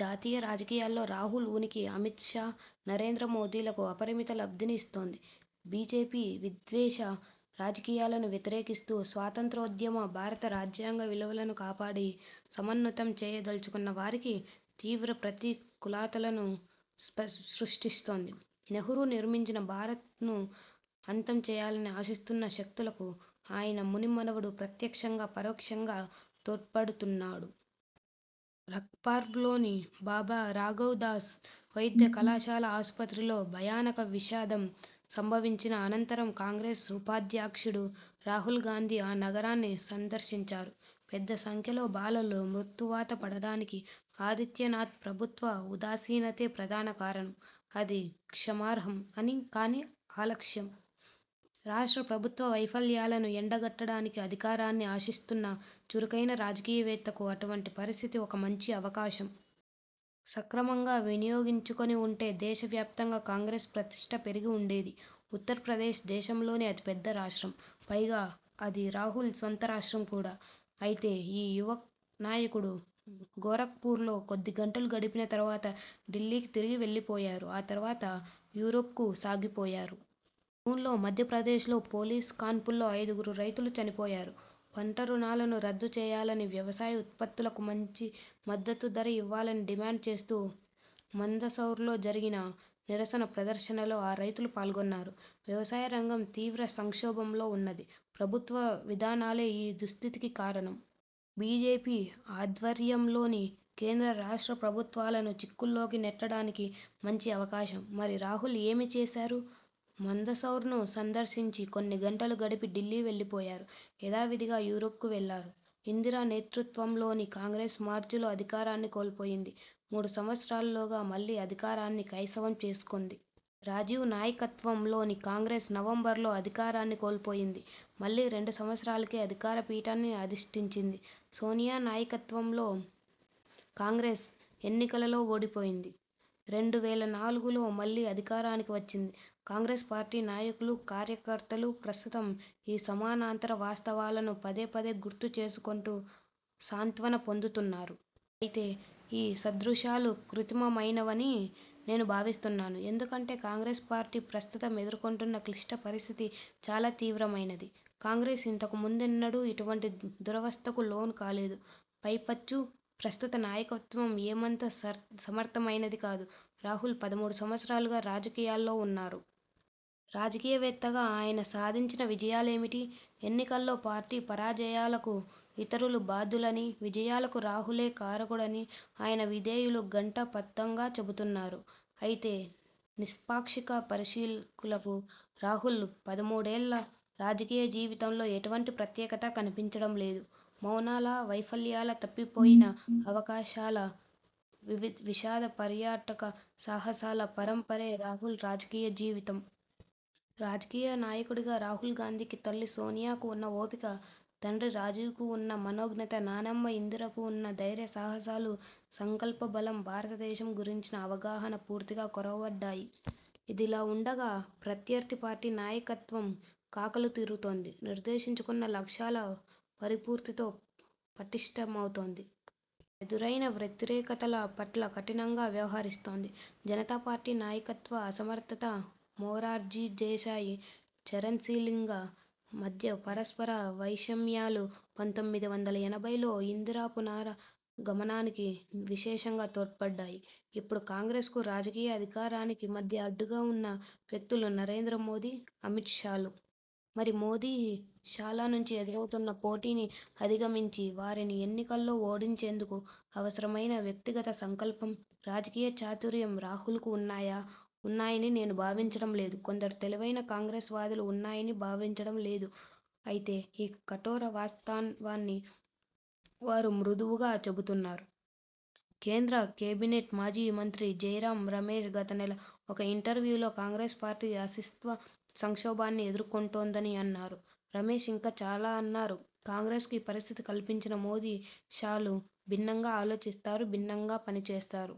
జాతీయ రాజకీయాల్లో రాహుల్ ఉనికి అమిత్షా, నరేంద్ర మోదీలకు అపరిమిత లబ్ధిని ఇస్తోంది. బీజేపీ విద్వేష రాజకీయాలను వ్యతిరేకిస్తూ స్వాతంత్ర్యోద్యమ, భారత రాజ్యాంగ విలువలను కాపాడి, సమున్నతం చేయ దలచుకున్నవారికి తీవ్ర ప్రతి కూలతలను సృష్టిస్తోంది. నెహ్రూ నిర్మించిన భారత్ను అంతం చేయాలని ఆశిస్తున్న శక్తులకు ఆయన ముని మనవడు ప్రత్యక్షంగా, పరోక్షంగా తోడ్పడు తున్నాడు. రఖ్పూర్లోని బాబా రాఘవ్ దాస్ వైద్య కళాశాల ఆస్పత్రిలో భయానక విషాదం సంభవించిన అనంతరం కాంగ్రెస్ ఉపాధ్యక్షుడు రాహుల్ గాంధీ ఆ నగరాన్ని సందర్శించారు. పెద్ద సంఖ్యలో బాలలు మృత్యువాత పడడానికి ఆదిత్యనాథ్ ప్రభుత్వ ఉదాసీనతే ప్రధాన కారణం. అది క్షమార్హం కాని అలక్ష్యం. రాష్ట్ర ప్రభుత్వ వైఫల్యాలను ఎండ గట్టడానికి అధికారాన్ని ఆశిస్తున్న, చురుకైన రాజకీయ వేత్తకు అటువంటి పరిస్థితి ఒక మంచి అవకాశం. సక్రమంగా వినియోగించుకొని వుంటే దేశవ్యాప్తంగా కాంగ్రెస్ ప్రతిష్ఠ పెరిగి వుండేది. ఉత్తరప్రదేశ్ దేశంలోనే అతి పెద్ద రాష్ట్రం. పైగా అది రాహుల్ సొంత రాష్ట్రం కూడా. అయితే ఈ యువ నాయకుడు గోరఖ్పూర్లో కొద్ది గంటలు గడిపిన తరువాత ఢిల్లీకి తిరిగి వెళ్ళి పోయారు. ఆ తరువాత యూరోప్కు సాగిపోయారు. జూన్లో మధ్యప్రదేశ్లో పోలీసు కాల్పుల్లో ఐదుగురు రైతులు చనిపోయారు. పంటరుణాలను రద్దు చేయాలని, వ్యవసాయ ఉత్పత్తులకు మంచి మద్దతు ధర ఇవ్వాలని డిమాండ్ చేస్తూ మందసౌర్లో జరిగిన నిరసన ప్రదర్శనలో ఆ రైతులూ పాల్గొన్నారు. వ్యవసాయ రంగం తీవ్ర సంక్షోభంలో వున్నది. ప్రభుత్వ విధానాలే ఈ దుస్థితికి కారణం. బీజేపీ ఆధ్వర్యంలోని కేంద్ర రాష్ట్ర ప్రభుత్వాలను చిక్కుల్లోకి నెట్టడానికి మంచి అవకాశం. మరి రాహుల్ ఏమి చేశారు? మందసౌర్ను సందర్శించి, కొన్నిగంటలు గడిపి ఢిల్లీ వెళ్ళి పోయారు. యథా విధిగా యూరోప్కు వెళ్ళారు. ఇందిర నేతృత్వంలోని కాంగ్రెస్ మార్చిలో అధికారాన్ని కోల్పోయింది. మూడు సంవత్సరాల్లోగా మళ్ళీ అధికారాన్ని కైవసం చేసుకొంది. రాజీవ్ నాయకత్వం లోని కాంగ్రెస్ నవంబర్లో అధికారాన్ని కోల్పోయింది. మళ్ళీ రెండు సంవత్సరాలకే అధికార పీఠాన్ని అధిష్ఠించింది. సోనియా నాయకత్వంలో కాంగ్రెస్, ఎన్నికలలో ఓడిపోయింది. రెండు వేల నాలుగులో మళ్ళీ అధికారానికి వచ్చింది. కాంగ్రెస్ పార్టీ నాయకులు, కార్యకర్తలు ప్రస్తుతం ఈ సమానాంతర వాస్తవాలను పదే పదే గుర్తు చేసుకొంటూ సాంత్వన పొందుతున్నారు. అయితే ఈ సదృశాలు కృత్రిమ మైనవని నేను భావిస్తున్నాను. ఎందుకంటే కాంగ్రెస్ పార్టీ ప్రస్తుతం ఎదుర్కొంటున్న క్లిష్ట పరిస్థితి చాలా తీవ్ర మైనది. కాంగ్రెస్ ఇంతకు ముందెన్నడూ ఇటువంటి దురవస్థకు లోను కాలేదు. పైపెచ్చు ప్రస్తుత నాయకత్వం ఏమంత సమర్థమైనది కాదు. రాహుల్ పదమూడు సంవత్సరాలుగా రాజకీయాల్లో వున్నారు. రాజకీయ వేత్తగా ఆయన సాధించిన విజయాలేమిటి? ఎన్నికల్లో పార్టీ పరాజయాలకు ఇతరులు బాధ్యు లని, విజయాలకు రాహులే కారకుడని ఆయన విధేయులు ఘంటా పథంగా చెబుతుంటారు. అయితే నిష్పాక్షిక పరిశీలకులకు రాహుల్ పదమూడేళ్ళ రాజకీయ జీవితంలో ఎటువంటి ప్రత్యేకత కనిపించడం లేదు. మౌనాల, వైఫల్యాల, తప్పిపోయిన అవకాశాల, విషాద పర్యాటక సాహసాల పరంపరే రాహుల్ రాజకీయ జీవితం. రాజకీయ నాయకుడుగా రాహుల్ గాంధీకి తల్లి సోనియాకు ఉన్న ఓపిక, తండ్రి రాజీవ్కు వున్న మనోజ్ఞత, నానమ్మ ఇందిరకు ఉన్న ధైర్య సాహసాలు, సంకల్ప బలం, భారతదేశం గురించిన అవగాహన పూర్తిగా కొరవడ్డాయి. ఇదిలా వుండగా ప్రత్యర్థి పార్టీ నాయకత్వం కాకలు తీరుతోంది. నిర్దేశించుకున్న లక్ష్యాల పరిపూర్తితో పటిష్ఠ మవుతోంది. ఎదురయిన వ్యతిరేకతల పట్ల కఠినంగా వ్యవహరిస్తోంది. జనతా పార్టీ నాయకత్వ అసమర్థత, మొరార్జీ దేశాయి, చరణ్సింగ్ల మధ్య పరస్పర వైషమ్యాలు పంతొమ్మిది వందల ఎనభైలో ఇందిర పునరా గమనానికి విశేషంగా తోడ్పడ్డాయి. ఇప్పుడు కాంగ్రెస్కు, రాజకీయ అధికారానికి మధ్య అడ్డుగా వున్న వ్యక్తులు నరేంద్ర మోదీ, అమిత్ షాలు. మరి మోదీ, షాల నుంచి ఎదురవుతున్న పోటీని అధిగమించి, వారిని ఎన్నికల్లో ఓడించేందుకు అవసరమైన వ్యక్తిగత సంకల్పం, రాజకీయ చాతుర్యం రాహుల్కు ఉన్నాయా? ఉన్నాయని నేను భావించడం లేదు. కొందరు తెలివైన కాంగ్రెస్ వాదులూ ఉన్నాయని భావించడం లేదు. అయితే ఈ కఠోర వాస్తవాన్ని వారు మృదువుగా చెబుతున్నారు. కేంద్ర కేబినెట్ మాజీ మంత్రి జైరామ్ రమేశ్ గత నెల ఒక ఇంటర్వ్యూలో 'కాంగ్రెస్ పార్టీ అస్తిత్వ సంక్షోభాన్ని ఎదుర్కొంటోందని' అన్నారు. రమేశ్ ఇంకా ఇలా అన్నారు 'కాంగ్రెస్కు ఈ పరిస్థితి కల్పించిన మోదీ, షాలు భిన్నంగా ఆలోచిస్తారు భిన్నంగా పని చేస్తారు.